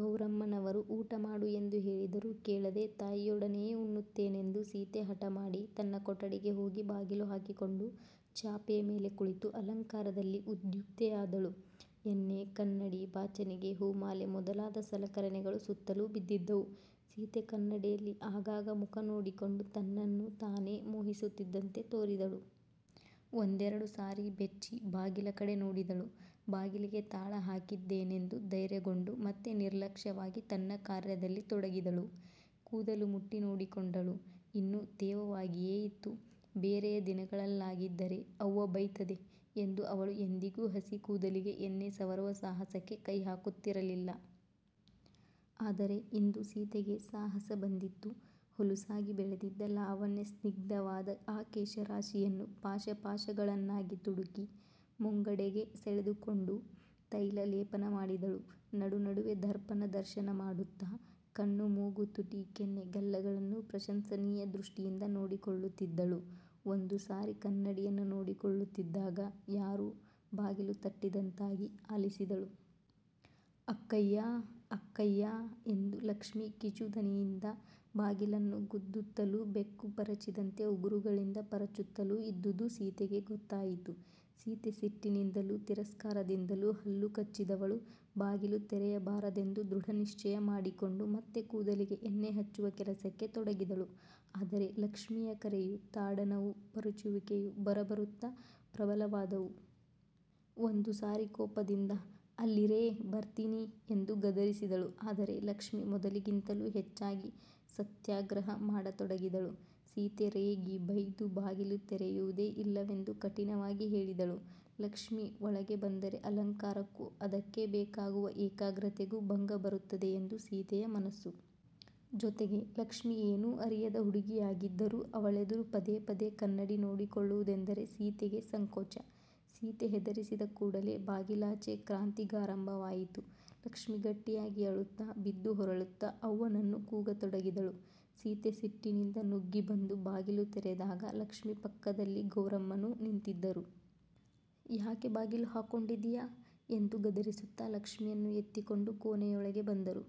ಗೌರಮ್ಮನವರು ಊಟಮಾಡು ಎಂದು ಹೇಳಿದರೂ ಕೇಳದೆ, ತಾಯಿಯೊಡನೆಯೇ ಉಣ್ಣುತ್ತೇನೆಂದು ಸೀತೆ ಹಟಮಾಡಿ, ತನ್ನ ಕೊಟಡಿಗೆ ಹೋಗಿ ಬಾಗಿಲು ಹಾಕಿಕೊಂಡು ಚಾಪೆಯ ಮೇಲೆ ಕುಳಿತು ಅಲಂಕಾರದಲ್ಲಿ ಉದ್ಯುಕ್ತೆಯಾದಳು. ಎಣ್ಣೆ, ಕನ್ನಡಿ, ಬಾಚಣಿಗೆ, ಹೂಮಾಲೆ ಮೊದಲಾದ ಸಲಕರಣೆಗಳು ಸುತ್ತಲೂ ಬಿದ್ದಿದ್ದುವು. ಸೀತೆ ಕನ್ನಡಿಯಲ್ಲಿ ಆಗಾಗ ಮುಖ ನೋಡಿಕೊಂಡು ತನ್ನನ್ನು ತಾನೆ ಮೋಹಿಸುತ್ತಿದ್ದಂತೆ ತೋರಿದಳು. ಒಂದೆರಡು ಸಾರಿ ಬೆಚ್ಚಿ ಬಾಗಿಲ ಕಡೆ ನೋಡಿದಳು. ಬಾಗಿಲಿಗೆ ತಾಳ ಹಾಕಿದ್ದೇನೆಂದು ಧೈರ್ಯಗೊಂಡು ಮತ್ತೆ ನಿರ್ಲಕ್ಷವಾಗಿ ತನ್ನ ಕಾರ್ಯದಲ್ಲಿ ತೊಡಗಿದಳು. ಕೂದಲು ಮುಟ್ಟಿ ನೋಡಿಕೊಂಡಳು. ಇನ್ನೂ ತೇವವಾಗಿಯೆ ಇತ್ತು. ಬೇರೆಯ ದಿನಗಳಲ್ಲಾಗಿದ್ದರೆ" ಅವ್ವ ಬಯ್ತದೆ" ಎಂದು ಅವಳು ಎಂದಿಗೂ ಹಸಿ ಕೂದಲಿಗೆ ಎಣ್ಣೆ ಸವರುವ ಸಾಹಸಕ್ಕೆ ಕೈಹಾಕುತ್ತಿರಲಿಲ್ಲ. ಆದರೆ ಇಂದು ಸೀತೆಗೆ ಸಾಹಸ ಬಂದಿತ್ತು. ಹುಲುಸಾಗಿ ಬೆಳೆದಿದ್ದ ಲಾವಣ್ಯಸ್ನಿಗ್ದವಾದ ಆ ಕೇಶರಾಶಿಯನ್ನು ಪಾಶಪಾಶಗಳನ್ನಾಗಿ ತುಡುಕಿ, ಮುಂಗಡೆಗೆ ಸೆಳೆದುಕೊಂಡು, ತೈಲ ಲೇಪನ ಮಾಡಿದಳು. ನಡುನಡುವೆ ದರ್ಪಣ ದರ್ಶನಮಾಡುತ್ತ, ಕಣ್ಣು ಮೂಗು ತುಟಿ ಕೆನ್ನೆ ಗಲ್ಲಗಳನ್ನೂ ಪ್ರಶಂಸನೀಯ ದೃಷ್ಟಿಯಿಂದ ನೋಡಿಕೊಳ್ಳುತ್ತಿದ್ದಳು. ಒಂದು ಸಾರಿ ಕನ್ನಡಿಯನ್ನು ನೋಡಿಕೊಳ್ಳುತ್ತಿದ್ದಾಗ ಯಾರೂ ಬಾಗಿಲು ತಟ್ಟಿದಂತಾಗಿ ಆಲಿಸಿದಳು. "ಅಕ್ಕಯ್ಯಾ ಅಕ್ಕಯ್ಯಾ " ಎಂದು ಲಕ್ಷ್ಮಿ ಕೀಚುದನಿಯಿಂದ ಬಾಗಿಲನ್ನು ಗುದ್ದುತ್ತಲೂ ಬೆಕ್ಕು ಪರಚಿದಂತೆ ಉಗುರುಗಳಿಂದ ಪರಚುತ್ತಲೂ ಇದ್ದುದು ಸೀತೆಗೆ ಗೊತ್ತಾಯಿತು. ಸೀತೆ ಸಿಟ್ಟಿನಿಂದಲೂ ತಿರಸ್ಕಾರದಿಂದಲೂ ಹಲ್ಲು ಕಚ್ಚಿದವಳು ಬಾಗಿಲು ತೆರೆಯಬಾರದೆಂದು ದೃಢನಿಶ್ಚಯ ಮಾಡಿಕೊಂಡು ಮತ್ತೆ ಕೂದಲಿಗೆ ಎಣ್ಣೆ ಹಚ್ಚುವ ಕೆಲಸಕ್ಕೆ ತೊಡಗಿದಳು. ಆದರೆ ಲಕ್ಷ್ಮಿಯ ಕರೆಯೂ ತಾಡನವೂ ಪರಚುವಿಕೆಯೂ ಬರಬರುತ್ತ ಪ್ರಬಲವಾದುವು. ಒಂದು ಸಾರಿ ಕೋಪದಿಂದ " ಅಲ್ಲಿರೇ ಬರ್ತೀನಿ! " ಎಂದು ಗದರಿಸಿದಳು. ಆದರೆ ಲಕ್ಷ್ಮಿ ಮೊದಲಿಗಿಂತಲೂ ಹೆಚ್ಚಾಗಿ "ಸತ್ಯಾಗ್ರಹ" ಮಾಡತೊಡಗಿದಳು. ಸೀತೆ ರೇಗಿ, ಬೈದು, ಬಾಗಿಲು ತೆರೆಯುವುದೇ ಇಲ್ಲವೆಂದು ಕಠಿನವಾಗಿ ಹೇಳಿದಳು. ಲಕ್ಷ್ಮಿ ಒಳಗೆ ಬಂದರೆ ಅಲಂಕಾರಕ್ಕೂ ಅದಕ್ಕೆ ಬೇಕಾಗುವ ಏಕಾಗ್ರತೆಗೂ ಭಂಗಬರುತ್ತದೆ ಎಂದು ಸೀತೆಯ ಮನಸ್ಸು. ಜೊತೆಗೆ ಲಕ್ಷ್ಮಿ ಏನೂ ಅರಿಯದ ಹುಡುಗಿಯಾಗಿದ್ದರೂ ಅವಳೆದುರು ಪದೇಪದೇ ಕನ್ನಡಿ ನೋಡಿಕೊಳ್ಳುವುದೆಂದರೆ ಸೀತೆಗೆ ಸಂಕೋಚ. ಸೀತೆ ಹೆದರಿಸಿದ ಕೂಡಲೆ ಬಾಗಿಲಾಚೆ ಕ್ರಾಂತಿಗಾರಂಭವಾಯಿತು. ಲಕ್ಷ್ಮಿ ಗಟ್ಟಿಯಾಗಿ ಅಳುತ್ತ ಬಿದ್ದು ಹೊರಳುತ್ತ ಅವ್ವನನ್ನು ಕೂಗತೊಡಗಿದಳು. ಸೀತೆ ಸಿಟ್ಟಿನಿಂದ ನುಗ್ಗಿ ಬಂದು ಬಾಗಿಲು ತೆರೆದಾಗ ಲಕ್ಷ್ಮಿ ಪಕ್ಕದಲ್ಲಿ ಗೌರಮ್ಮನೂ ನಿಂತಿದ್ದರು. ಯಾಕೆ ಬಾಗಿಲು ಹಾಕ್ಕೊಂಡಿದ್ದೀಯಾ? ಎಂದು ಗದರಿಸುತ್ತ ಲಕ್ಷ್ಮಿಯನ್ನು ಎತ್ತಿಕೊಂಡು ಕೋಣೆಯೊಳಗೆ ಬಂದರು.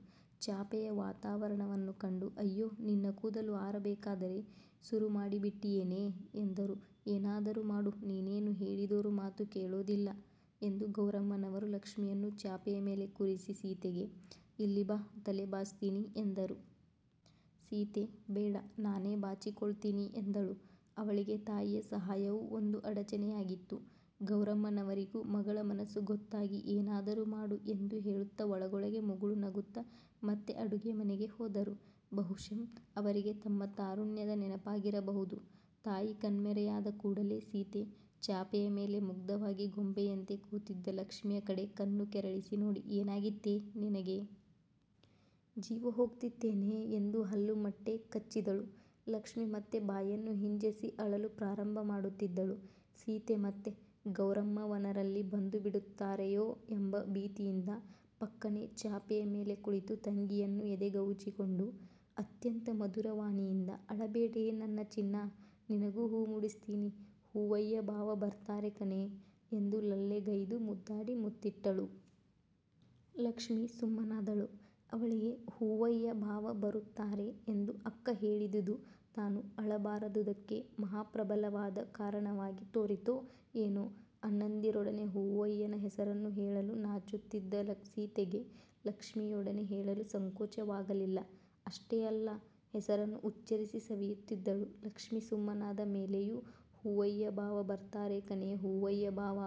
ಚಾಪೆಯ ವಾತಾವರಣವನ್ನು ಕಂಡು" ಅಯ್ಯೋ ನಿನ್ನ ಕೂದಲು ಆರಬೇಕಾದರೆ ಸುರುಮಾಡಿಬಿಟ್ಟಿಯೇನೇ" ಎಂದರು. "ಏನಾದರೂ ಮಾಡು ನೀನೇನು ಹೇಳಿದೋರು ಮಾತು ಕೇಳೋದಿಲ್ಲ"ಎಂದು ಗೌರಮ್ಮನವರು ಲಕ್ಷ್ಮಿಯನ್ನು ಚಾಪೆಯ ಮೇಲೆ ಕೂರಿಸಿ ಸೀತೆಗೆ" ಇಲ್ಲಿ ಬಾ ತಲೆ ಬಾಚ್ತೀನಿ" ಎಂದರು. ಸೀತೆ ಬೇಡ, ನಾನೇ ಬಾಚಿಕೊಳ್ತೀನಿ ಎಂದಳು. ಅವಳಿಗೆ ತಾಯಿಯ ಸಹಾಯವೂ ಒಂದು ಅಡಚಣೆಯಾಗಿತ್ತು. ಗೌರಮ್ಮನವರಿಗೂ ಮಗಳ ಮನಸ್ಸು ಗೊತ್ತಾಗಿ ಏನಾದರೂ ಮಾಡು ಎಂದು ಹೇಳುತ್ತ ಒಳಗೊಳಗೆ ಮುಗುಳು ನಗುತ್ತ, ಮತ್ತೆ ಅಡುಗೆಮನೆಗೆ ಹೋದರು. ಬಹುಶಃ ಅವರಿಗೆ ತಮ್ಮ ತಾರುಣ್ಯದ ನೆನಪಾಗಿರಬಹುದು. ತಾಯಿ ಕಣ್ಮರೆಯಾದ ಕೂಡಲೆ ಸೀತೆ, ಚಾಪೆಯ ಮೇಲೆ ಮುಗ್ಧವಾಗಿ ಗೊಂಬೆಯಂತೆ ಕೂತಿದ್ದ ಲಕ್ಷ್ಮಿಯ ಕಡೆ ಕಣ್ಣು ಕೆರಳಿಸಿ ನೋಡಿ ಏನಾಗಿತ್ತೇ ನಿನಗೆ? ಜೀವಹೋಗ್ತಿತ್ತೇನೆ ಎಂದು ಹಲ್ಲು ಮಟ್ಟೆ ಕಚ್ಚಿದಳು. ಲಕ್ಷ್ಮಿ ಮತ್ತೆ ಬಾಯನ್ನು ಹಿಂಜಸಿ ಅಳಲು ಪ್ರಾರಂಭಮಾಡುತ್ತಿದ್ದಳು. ಸೀತೆ ಮತ್ತೆ ಗೌರಮ್ಮವನರಲ್ಲಿ ಬಂದುಬಿಡುತ್ತಾರೆಯೊ ಎಂಬ ಭೀತಿಯಿಂದ, ಪಕ್ಕನೆ ಚಾಪೆಯ ಮೇಲೆ ಕುಳಿತು ತಂಗಿಯನ್ನು ಎದೆಗವುಚಿಕೊಂಡು, ಅತ್ಯಂತ ಮಧುರವಾಣಿಯಿಂದ " ಅಳಬೇಡೇ ನನ್ನ ಚಿನ್ನಾ ನಿನಗೂ ಹೂ ಮುಡಿಸ್ತೀನಿ ಹೂವಯ್ಯ ಬಾವ ಬರ್ತಾರೆ ಕಣೇ " ಎಂದು ಲಲ್ಲೆಗೈದು ಮುದ್ದಾಡಿ ಮುತ್ತಿಟ್ಟಳು. ಲಕ್ಷ್ಮಿ ಸುಮ್ಮನಾದಳು. ಅವಳಿಗೆ "ಹೂವಯ್ಯ ಬಾವ ಬರುತ್ತಾರೆ" ಎಂದು ಅಕ್ಕ ಹೇಳಿದುದು ತಾನು ಅಳಬಾರದುದಕ್ಕೆ ಮಹಾಪ್ರಬಲವಾದ ಕಾರಣವಾಗಿ ತೋರಿತೋ ಏನೋ ಅಣ್ಣಂದಿರೊಡನೆ ಹೂವಯ್ಯನ ಹೆಸರನ್ನು ಹೇಳಲು ನಾಚುತ್ತಿದ್ದ ಸೀತೆಗೆ ಲಕ್ಷ್ಮಿಯೊಡನೆ ಹೇಳಲು ಸಂಕೋಚವಾಗಲಿಲ್ಲ. ಅಷ್ಟೇ ಅಲ್ಲ. ಹೆಸರನ್ನು ಉಚ್ಚರಿಸಿ ಸವಿಯುತ್ತಿದ್ದಳು. ಲಕ್ಷ್ಮಿ ಸುಮ್ಮನಾದ ಮೇಲೆಯೂ "ಹೂವಯ್ಯಬಾವ ಬರ್ತಾರೆ ಕಣೇ ಹೂವಯ್ಯ ಬಾವ,